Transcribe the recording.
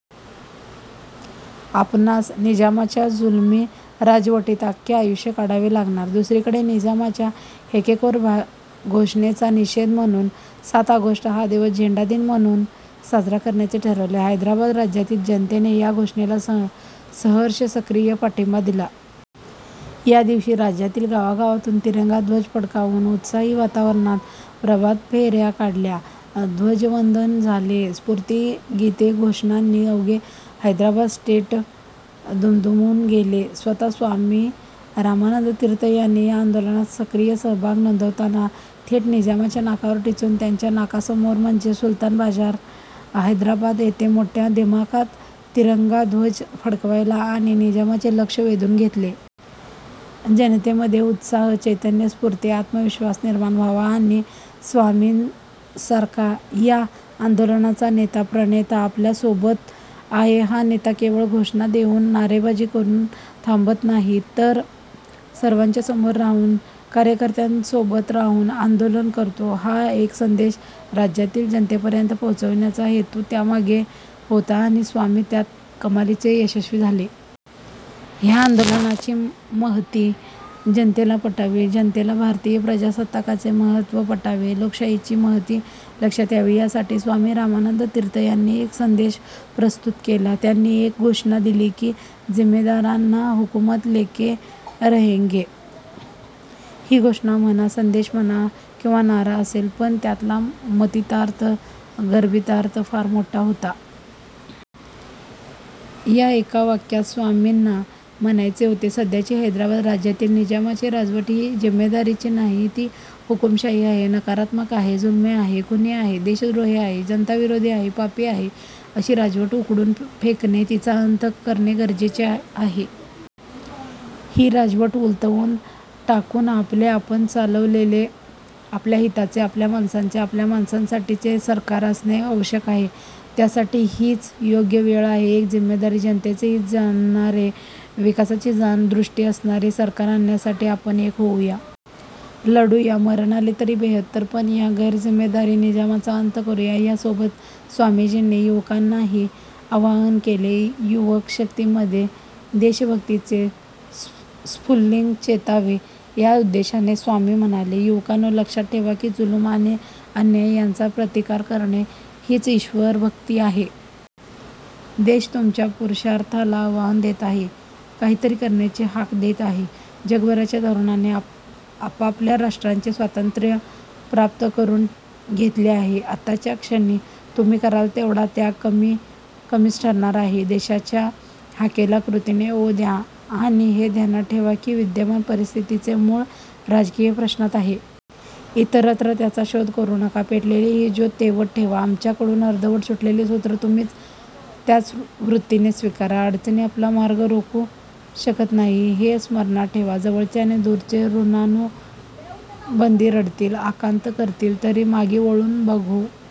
आपणास निजामाच्या जुलमी राजवटीत अख्खे आयुष्य काढावे लागणार! दुसरीकडे निजामाच्या हेकेखोर घोषणेचा निषेध म्हणून सात ऑगस्ट हा दिवस झेंडा दिन म्हणून साजरा करण्याचे ठरवले. हैदराबाद राज्यातील जनतेने या घोषणेला सहर्ष, सक्रिय पाठिंबा दिला. या दिवशी राज्यातील गावागावातून तिरंगा ध्वज फडकावून, उत्साही वातावरणात प्रभातफेर्या काढल्या. ध्वजवंदन झाले. स्फूर्तीगीते, घोषणांनी अवघे हैदराबाद स्टेट दुमदुमून गेले. स्वतः स्वामी रामानंद तीर्थ ह्यांनी या आंदोलनात सक्रिय सहभाग नोंदवताना थेट निजामाच्या नाकावर टिच्चून, त्याच्या नाकासमोर म्हणजे सुलतान बाजार, हैदराबाद येथे मोठ्या दिमाखात तिरंगा ध्वज फडकावला आणि निजामाचे लक्ष वेधून घेतले. जनतेमध्ये उत्साह, चैतन्य, स्फूर्ती, आत्मविश्वास निर्माण व्हावा आणि स्वामींसारखा या आंदोलनाचा नेता, प्रणेता आपल्या सोबत आहे, हा नेता केवळ घोषणा देऊन, नारेबाजी करून थांबत नाही, तर सर्वांच्या समोर राहून, कार्यकर्त्यांसोबत राहून आंदोलन करतो, हा एक संदेश राज्यातील जनतेपर्यंत पोहोचविण्याचा हेतू त्यामागे होता आणि स्वामी त्यात कमालीचे यशस्वी झाले. ह्या आंदोलनाची महती जनतेला पटावी, जनतेला भारतीय प्रजासत्ताकाचे महत्त्व पटावे, लोकशाहीची महती लक्षात यावी यासाठी स्वामी रामानंद तीर्थ यांनी एक संदेश प्रस्तुत केला. त्यांनी एक घोषणा दिली की, जिम्मेदाराना हुकुमत लेके रहेंगे! ही घोषणा म्हणा, संदेश म्हणा किंवा नारा असेल, पण त्यातला मतितार्थ, गर्भितार्थ फार मोठा होता. या एका वाक्यात स्वामींना म्हणायचे होते, सध्याची हैदराबाद राज्यातील निजामाची राजवट ही जिम्मेदारीची नाही. ती हुकुमशाही आहे. नकारात्मक आहे. जुलमी आहे. खुनी आहे. देशद्रोही आहे. जनताविरोधी आहे. पापी आहे. अशी राजवट उखडून फेकणे, तिचा अंत करणे गरजेचे आहे. ही राजवट उलथवून टाकून आपले, आपण चालवलेले, आपल्या हिताचे, आपल्या माणसांचे, आपल्या माणसांसाठीचे सरकार असणे आवश्यक आहे. त्यासाठी हीच योग्य वेळ आहे. एक जिम्मेदार, जनतेचे हित जाणणारे, विकासाची जाण, दृष्टी असणारे सरकार आणण्यासाठी आपण एक होऊया. लढूया. मरण आले तरी बेहत्तर, पण या गैरजिम्मेदार निजामाचा अंत करूया. या सोबत स्वामीजींनी युवकांनाही आवाहन केले. युवकशक्तीमध्ये देशभक्तीचे स्फुल्लिंग चेतावे या उद्देशाने स्वामी म्हणाले, युवकांनो, लक्षात ठेवा की जुलूम आणि अन्याय यांचा प्रतिकार करणे हीच ईश्वरभक्ती आहे. देश तुमच्या पुरुषार्थाला आवाहन देत आहे. काही तरी करण्याची हाक देत आहे. जगभरच्या तरुणांनी आपापल्या राष्ट्रांचे स्वातंत्र्य प्राप्त करून घेतले आहे. आताच्या क्षणी तुम्ही कराल तेवढा त्याग कमीच ठरणार आहे. देशाच्या हाकेला कृतीने ओ द्या आणि हे ध्यानात ठेवा की, विद्यमान परिस्थितीचे मूळ राजकीय प्रश्नात आहे. इतरत्र त्याचा शोध करू नका. पेटलेली ही ज्योत तेवत ठेवा. आमच्याकडून अर्धवट सुटलेले सूत्र तुम्ही त्याच वृत्तीने स्वीकारा. अडचणी आपला मार्ग रोखू शकत नाहीत हे स्मरणात ठेवा. जवळचे आणि दूरचे ऋणानुबंधी रडतील, आकांत करतील, तरी मागे वळून बघू